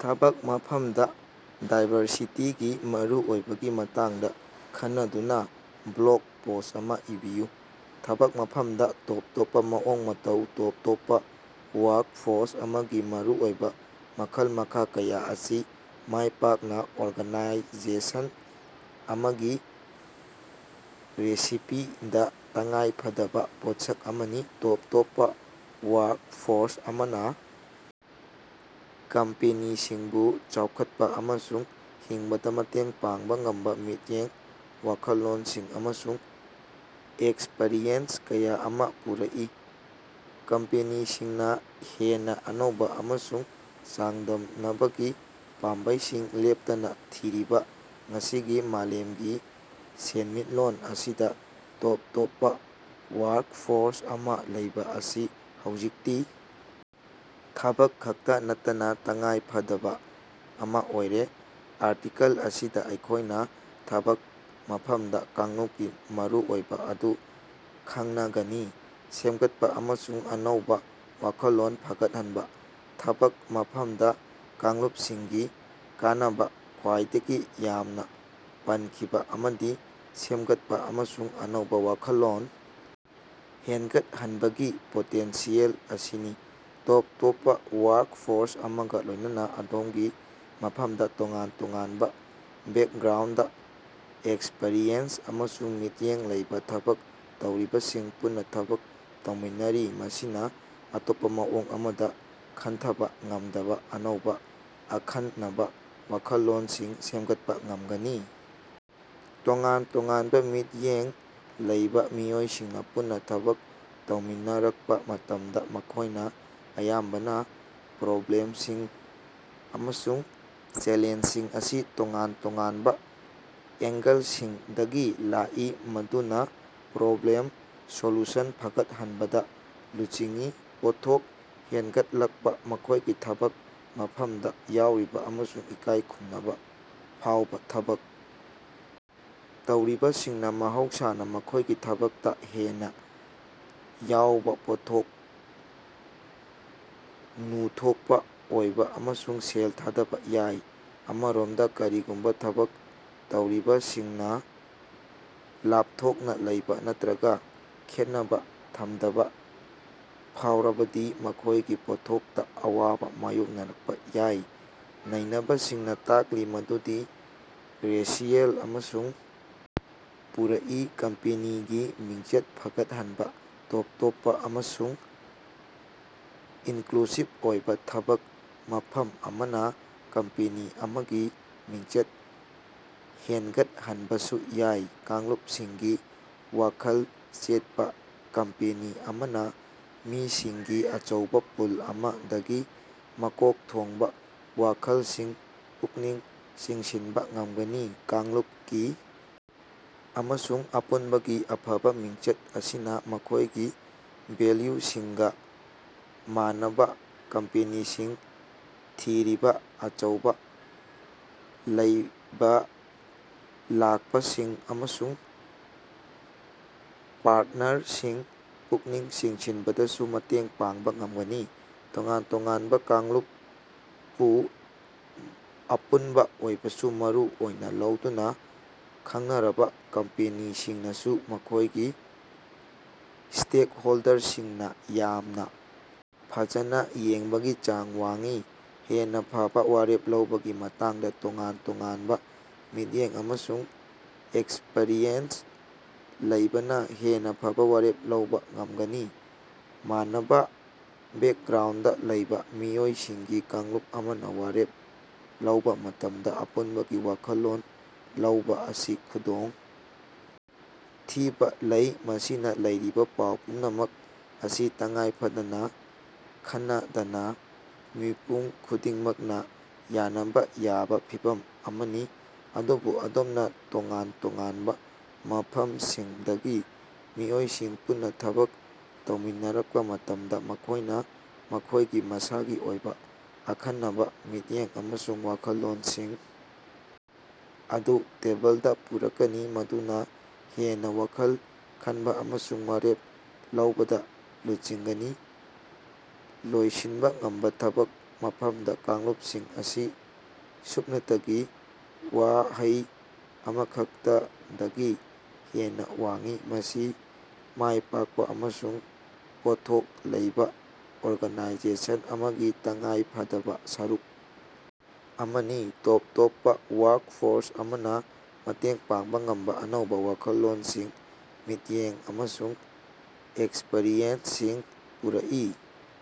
ꯊꯕꯛ ꯃꯐꯝꯗ ꯗꯥꯏꯕꯔꯁꯤꯇꯤꯒꯤ ꯃꯔꯨꯑꯣꯏꯕꯒꯤ ꯃꯇꯥꯡꯗꯥ ꯈꯟꯅꯗꯨꯅꯥ ꯕ꯭ꯂꯣꯒ ꯄꯣꯁ꯭ꯠ ꯑꯃꯥ ꯏꯕꯤꯌꯨ꯫ ꯊꯕꯛ ꯃꯐꯝꯗ ꯇꯣꯞ ꯇꯣꯞꯄ ꯃꯑꯣꯡ-ꯃꯇꯧ ꯇꯣꯞ-ꯇꯣꯞꯄ ꯋꯥꯔꯛꯐꯣꯔꯁ ꯑꯃꯒꯤ ꯃꯔꯨꯑꯣꯏꯕꯥ ꯃꯈꯜ-ꯃꯈꯥ ꯀꯌꯥ ꯑꯁꯤ ꯃꯥꯢꯄꯥꯛꯅ ꯑꯣꯔꯒꯥꯅꯥꯏꯖꯦꯁꯟ ꯑꯃꯒꯤ ꯔꯦꯁꯤꯄꯤꯗꯥ ꯇꯉꯥꯏꯐꯗꯕꯥ ꯄꯣꯠꯁꯛ ꯑꯃꯅꯤ꯫ ꯇꯣꯞ ꯇꯣꯞꯄꯥ ꯋꯥꯔꯛꯐꯣꯔꯁ ꯑꯃꯅꯥ ꯀꯝꯄꯦꯅꯤꯁꯤꯡꯕꯨ ꯆꯥꯎꯈꯠꯄꯥ ꯑꯃꯁꯨꯡ ꯍꯤꯡꯕꯗ ꯃꯇꯦꯡ ꯄꯥꯡꯕ ꯉꯝꯕꯥ ꯃꯤꯠꯌꯦꯡ ꯋꯥꯈꯜꯂꯣꯟꯁꯤꯡ ꯑꯃꯁꯨꯡ ꯑꯦꯛꯁꯄꯔꯤꯌꯦꯟꯁ ꯀꯌꯥ ꯑꯃ ꯄꯨꯔꯛꯏ꯫ ꯀꯝꯄꯦꯅꯤꯁꯤꯡꯅ ꯍꯦꯟꯅ ꯑꯅꯧꯕ ꯑꯃꯁꯨꯡ ꯆꯥꯡꯗꯝꯅꯕꯒꯤ ꯄꯥꯝꯕꯩꯁꯤꯡ ꯂꯦꯞꯇꯅ ꯊꯤꯔꯤꯕ ꯉꯁꯤꯒꯤ ꯃꯥꯂꯦꯝꯒꯤ ꯁꯦꯟꯃꯤꯠꯂꯣꯟ ꯑꯁꯤꯗ ꯇꯣꯞ ꯇꯣꯞꯄ ꯋꯥꯔ꯭ꯛꯐꯣꯔ꯭ꯁ ꯑꯃ ꯂꯩꯕꯥ ꯑꯁꯤ ꯍꯧꯖꯤꯛꯇꯤ ꯊꯝꯕꯛ ꯈꯛꯇ ꯅꯠꯇꯅ ꯇꯉꯥꯏ ꯐꯗꯕ ꯑꯃ ꯑꯣꯏꯔꯦ꯫ ꯑꯥꯔꯇꯤꯀꯜ ꯑꯁꯤꯗ ꯑꯩꯈꯣꯢꯅ ꯊꯕꯛ ꯃꯐꯝꯗ ꯀꯥꯡꯂꯨꯞꯀꯤ ꯃꯔꯨꯑꯣꯏꯕ ꯑꯗꯨ ꯈꯡꯅꯒꯅꯤ꯫ ꯁꯦꯝꯒꯠꯄ ꯑꯃꯁꯨꯡ ꯑꯅꯧꯕ ꯌꯥꯈꯜꯂꯣꯟ ꯐꯒꯠꯍꯟꯕ ꯊꯕꯛ ꯃꯐꯝꯗ ꯀꯥꯡꯂꯨꯞꯁꯤꯡꯒꯤ ꯀꯥꯟꯅꯕ ꯈ꯭ꯋꯥꯏꯗꯒꯤ ꯌꯥꯝꯅ ꯄꯟꯈꯤꯕ ꯑꯃꯗꯤ ꯁꯦꯝꯒꯠꯄ ꯑꯃꯁꯨꯡ ꯑꯅꯧꯕ ꯋꯥꯈꯜꯂꯣꯟ ꯍꯦꯟꯒꯠꯍꯟꯕꯒꯤ ꯄꯣꯇꯦꯟꯁꯤꯌꯦꯜ ꯑꯁꯤꯅꯤ꯫ ꯇꯣꯞ ꯇꯣꯞꯄ ꯋꯥꯔ꯭ꯛꯐꯣꯔ꯭ꯁ ꯑꯃꯒ ꯂꯣꯢꯅꯅ ꯑꯗꯣꯝꯒꯤ ꯃꯐꯝꯗ ꯇꯣꯉꯥꯟ ꯇꯣꯉꯥꯟꯕ ꯕꯦꯀꯒ꯭ꯔꯥꯎꯟꯗ ꯑꯦꯛꯁꯄꯔꯤꯌꯦꯟꯁ ꯑꯃꯁꯨꯡ ꯃꯤꯠꯌꯦꯡ ꯂꯩꯕꯥ ꯊꯕꯛ ꯇꯧꯔꯤꯕꯁꯤꯡ ꯄꯨꯟꯅ ꯊꯕꯛ ꯇꯧꯃꯤꯟꯅꯔꯤ꯫ ꯃꯁꯤꯅꯥ ꯑꯇꯣꯞꯄ ꯃꯑꯣꯡ ꯑꯃꯗ ꯈꯟꯊꯕ ꯉꯝꯗꯕ ꯑꯅꯧꯕ ꯑꯈꯟꯅꯕ ꯋꯥꯈꯜꯂꯣꯟꯁꯤꯡ ꯁꯦꯝꯒꯠꯄ ꯉꯝꯒꯅꯤ꯫ ꯇꯣꯉꯥꯟ-ꯇꯣꯉꯥꯟꯕ ꯃꯤꯠꯌꯦꯡ ꯂꯩꯕ ꯃꯤꯑꯣꯏꯁꯤꯡꯅ ꯄꯨꯟꯅ ꯊꯕꯛ ꯇꯧꯃꯤꯟꯅꯔꯛꯄ ꯃꯇꯝꯗ ꯃꯈꯣꯢꯅ ꯑꯌꯥꯝꯕꯅ ꯄ꯭ꯔꯣꯕ꯭ꯂꯦꯝꯁꯤꯡ ꯑꯃꯁꯨꯡ ꯆꯦꯂꯦꯟꯖꯁꯤꯡ ꯑꯁꯤ ꯇꯣꯉꯥꯟ-ꯇꯣꯉꯥꯟꯕ ꯑꯦꯡꯒꯜꯁꯤꯡꯗꯒꯤ ꯂꯥꯛꯏ ꯃꯗꯨꯅ ꯄ꯭ꯔꯣꯕ꯭ꯂꯦꯝ ꯁꯣꯜꯌꯨꯁꯟ ꯐꯒꯠꯍꯟꯕꯗ ꯂꯨꯆꯤꯡꯏ꯫ ꯄꯣꯠꯊꯣꯛ ꯍꯦꯟꯒꯠꯂꯛꯄ ꯃꯈꯣꯢꯒꯤ ꯊꯕꯛ ꯃꯐꯝꯗ ꯌꯥꯎꯔꯤꯕ ꯑꯃꯁꯨꯡ ꯏꯀꯥꯏ ꯈꯨꯝꯅꯕ ꯐꯥꯎꯕ ꯊꯕꯛ ꯇꯧꯔꯤꯕꯁꯤꯡꯅ ꯃꯍꯧꯁꯥꯅ ꯃꯈꯣꯢꯒꯤ ꯊꯕꯛꯇ ꯍꯦꯟꯅ ꯌꯥꯎꯕ ꯄꯣꯠꯊꯣꯛ ꯅꯨꯊꯣꯛꯄ ꯑꯣꯏꯕ ꯑꯃꯁꯨꯡ ꯁꯦꯜ ꯊꯥꯗꯕ ꯌꯥꯏ꯫ ꯑꯃꯔꯣꯝꯗ ꯀꯔꯤꯒꯨꯝꯕ ꯊꯕꯛ ꯇꯧꯔꯤꯕꯁꯤꯡꯅ ꯂꯥꯞꯊꯣꯛꯅ ꯂꯩꯕ ꯅꯠꯇ꯭ꯔꯒ ꯈꯦꯠꯅꯕ ꯊꯝꯗꯕ ꯐꯥꯎꯔꯕꯗꯤ ꯃꯈꯣꯢꯒꯤ ꯄꯣꯠꯊꯣꯛꯇ ꯑꯋꯥꯕꯥ ꯃꯥꯌꯣꯛꯅꯔꯛꯄ ꯌꯥꯏ꯫ ꯅꯩꯅꯕꯁꯤꯡꯅ ꯇꯥꯛꯂꯤ ꯃꯗꯨꯗꯤ ꯔꯦꯁꯤꯑꯦꯜ ꯑꯃꯁꯨꯡ ꯄꯨꯔꯛꯏ꯫ ꯀꯝꯄꯦꯅꯤꯒꯤ ꯃꯤꯡꯆꯠ ꯐꯒꯠꯍꯟꯕꯥ ꯇꯣꯞ ꯇꯣꯞꯄ ꯑꯃꯁꯨꯡ ꯏꯟꯀ꯭ꯂꯨꯁꯤꯕ ꯑꯣꯏꯕ ꯊꯕꯛ ꯃꯐꯝ ꯑꯃꯅ ꯀꯝꯄꯦꯅꯤ ꯑꯃꯒꯤ ꯃꯤꯡꯆꯠ ꯍꯦꯟꯒꯠꯍꯟꯕꯁꯨ ꯌꯥꯏ꯫ ꯀꯥꯡꯂꯨꯞꯁꯤꯡꯒꯤ ꯋꯥꯈꯜ ꯆꯦꯠꯄ ꯀꯝꯄꯦꯅꯤ ꯑꯃꯅ ꯃꯤꯁꯤꯡꯒꯤ ꯑꯆꯧꯕꯥ ꯄꯨꯜ ꯑꯃꯗꯒꯤ ꯃꯀꯣꯛ ꯊꯣꯡꯕ ꯋꯥꯈꯜꯁꯤꯡ ꯄꯨꯛꯅꯤꯡ ꯆꯤꯡꯁꯤꯟꯕ ꯉꯝꯒꯅꯤ꯫ ꯀꯥꯡꯂꯨꯞꯀꯤ ꯑꯃꯁꯨꯡ ꯑꯄꯨꯟꯕꯒꯤ ꯑꯐꯕ ꯃꯤꯡꯆꯠ ꯑꯁꯤꯅ ꯃꯈꯣꯢꯒꯤ ꯚꯦꯜꯌꯨꯁꯤꯡꯒ ꯃꯥꯟꯅꯕ ꯀꯝꯄꯦꯅꯤꯁꯤꯡ ꯊꯤꯔꯤꯕꯥ ꯑꯆꯧꯕꯥ ꯂꯩꯕꯂꯥꯛꯄꯁꯤꯡ ꯑꯃꯁꯨꯡ ꯄꯥꯔꯠꯅꯔꯁꯤꯡ ꯄꯨꯛꯅꯤꯡ ꯆꯤꯡꯁꯤꯟꯕꯗꯁꯨ ꯃꯇꯦꯡ ꯄꯥꯡꯕ ꯉꯝꯒꯅꯤ꯫ ꯇꯣꯉꯥꯟ ꯇꯣꯉꯥꯟꯕ ꯀꯥꯡꯂꯨꯞ ꯄꯨ ꯑꯄꯨꯟꯕ ꯑꯣꯏꯕꯕꯁꯨ ꯃꯔꯨ ꯑꯣꯏꯅꯥ ꯂꯧꯗꯨꯅꯥ ꯈꯪꯅꯔꯕ ꯀꯝꯄꯦꯅꯤꯁꯤꯡꯅꯁꯨ ꯃꯈꯣꯢꯒꯤ ꯁ꯭ꯇꯦꯛꯍꯣꯜꯗꯔꯁꯤꯡꯅ ꯌꯥꯝꯅ ꯐꯖꯅ ꯌꯦꯡꯕꯒꯤ ꯆꯥꯡ ꯋꯥꯡꯏ꯫ ꯍꯦꯟꯅ ꯐꯕ ꯋꯥꯔꯦꯞ ꯂꯧꯕꯒꯤ ꯃꯇꯥꯡꯗ ꯇꯣꯉꯥꯟ-ꯇꯣꯉꯥꯟꯕ ꯃꯤꯠꯌꯦꯡ ꯑꯃꯁꯨꯡ ꯑꯦꯛꯁꯄꯔꯤꯌꯦꯟꯁ ꯂꯩꯕꯅ ꯍꯦꯟꯅ ꯐꯕ ꯋꯥꯔꯦꯞ ꯂꯧꯕꯥ ꯉꯝꯒꯅꯤ꯫ ꯃꯥꯟꯅꯕ ꯕꯦꯀꯒ꯭ꯔꯥꯎꯟꯗ ꯂꯩꯕ ꯃꯤꯑꯣꯏꯁꯤꯡꯒꯤ ꯀꯥꯡꯂꯨꯞ ꯑꯃꯅ ꯋꯥꯔꯦꯞ ꯂꯧꯕꯥ ꯃꯇꯝꯗ ꯑꯄꯨꯟꯕꯒꯤ ꯋꯥꯈꯜꯂꯣꯟ ꯂꯧꯕ ꯑꯁꯤ ꯈꯨꯗꯣꯡ ꯊꯤꯕ ꯂꯩ ꯃꯁꯤꯅ ꯂꯩꯔꯤꯕ ꯄꯥꯎ ꯄꯨꯝꯅꯃꯛ ꯑꯁꯤ ꯇꯉꯥꯏꯐꯗꯅ ꯈꯟꯅꯗꯅ ꯃꯤꯄꯨꯝ ꯈꯨꯗꯤꯡꯃꯛꯅ ꯌꯥꯅꯕ ꯌꯥꯕ ꯐꯤꯚꯝ ꯑꯃꯅꯤ꯫ ꯑꯗꯨꯕꯨ ꯑꯗꯣꯝꯅ ꯇꯣꯉꯥꯟ ꯇꯣꯉꯥꯟꯕ ꯃꯐꯝꯁꯤꯡꯗꯒꯤ ꯃꯤꯑꯣꯏꯁꯤꯡ ꯄꯨꯟꯅꯥ ꯊꯕꯛ ꯇꯧꯃꯤꯟꯅꯔꯛꯄ ꯃꯇꯝꯗ ꯃꯈꯣꯢꯅ ꯃꯈꯣꯢꯒꯤ ꯃꯁꯥꯒꯤ ꯑꯣꯏꯕ ꯑꯈꯟꯅꯕ ꯃꯤꯠꯌꯦꯡ ꯑꯃꯁꯨꯡ ꯋꯥꯈꯜꯂꯣꯟꯁꯤꯡ ꯑꯗꯨ ꯇꯦꯕꯜꯗ ꯄꯨꯔꯛꯀꯅꯤ ꯃꯗꯨꯅ ꯍꯦꯟꯅ ꯋꯥꯈꯜ ꯈꯟꯕ ꯑꯃꯁꯨꯡ ꯋꯥꯔꯦꯞ ꯂꯧꯕꯗ ꯂꯨꯆꯤꯡꯒꯅꯤ꯫ ꯂꯣꯏꯁꯤꯟꯕ ꯉꯝꯕ ꯊꯕꯛ ꯃꯐꯝꯗ ꯀꯥꯡꯂꯨꯞꯁꯤꯡ ꯑꯁꯤ ꯁꯨꯞꯅꯇꯒꯤ ꯋꯥꯍꯩ ꯑꯃꯈꯛꯇꯗꯒꯤ ꯍꯦꯟꯅ ꯋꯥꯡꯏ꯫ ꯃꯁꯤ ꯃꯥꯢ ꯄꯥꯛꯄ ꯑꯃꯁꯨꯡ ꯄꯣꯠꯊꯣꯛ ꯂꯩꯕꯥ ꯑꯣꯔꯒꯅꯥꯏꯖꯦꯁꯟ ꯑꯃꯒꯤ ꯇꯉꯥꯏ ꯐꯗꯕ ꯁꯔꯨꯛ ꯑꯃꯅꯤ꯫ ꯇꯣꯞ ꯇꯣꯞꯄ ꯋꯥꯔ꯭ꯛꯐꯣꯔ꯭ꯁ ꯑꯃꯅ ꯃꯇꯦꯡ ꯄꯥꯡꯕ ꯉꯝꯕ ꯑꯅꯧꯕ ꯋꯥꯈꯜꯂꯣꯟꯁꯤꯡ ꯃꯤꯠꯌꯦꯡ ꯑꯃꯁꯨꯡ ꯑꯦꯛꯁꯄꯔꯤꯌꯦꯟꯁꯁꯤꯡ ꯄꯨꯔꯛꯏ꯫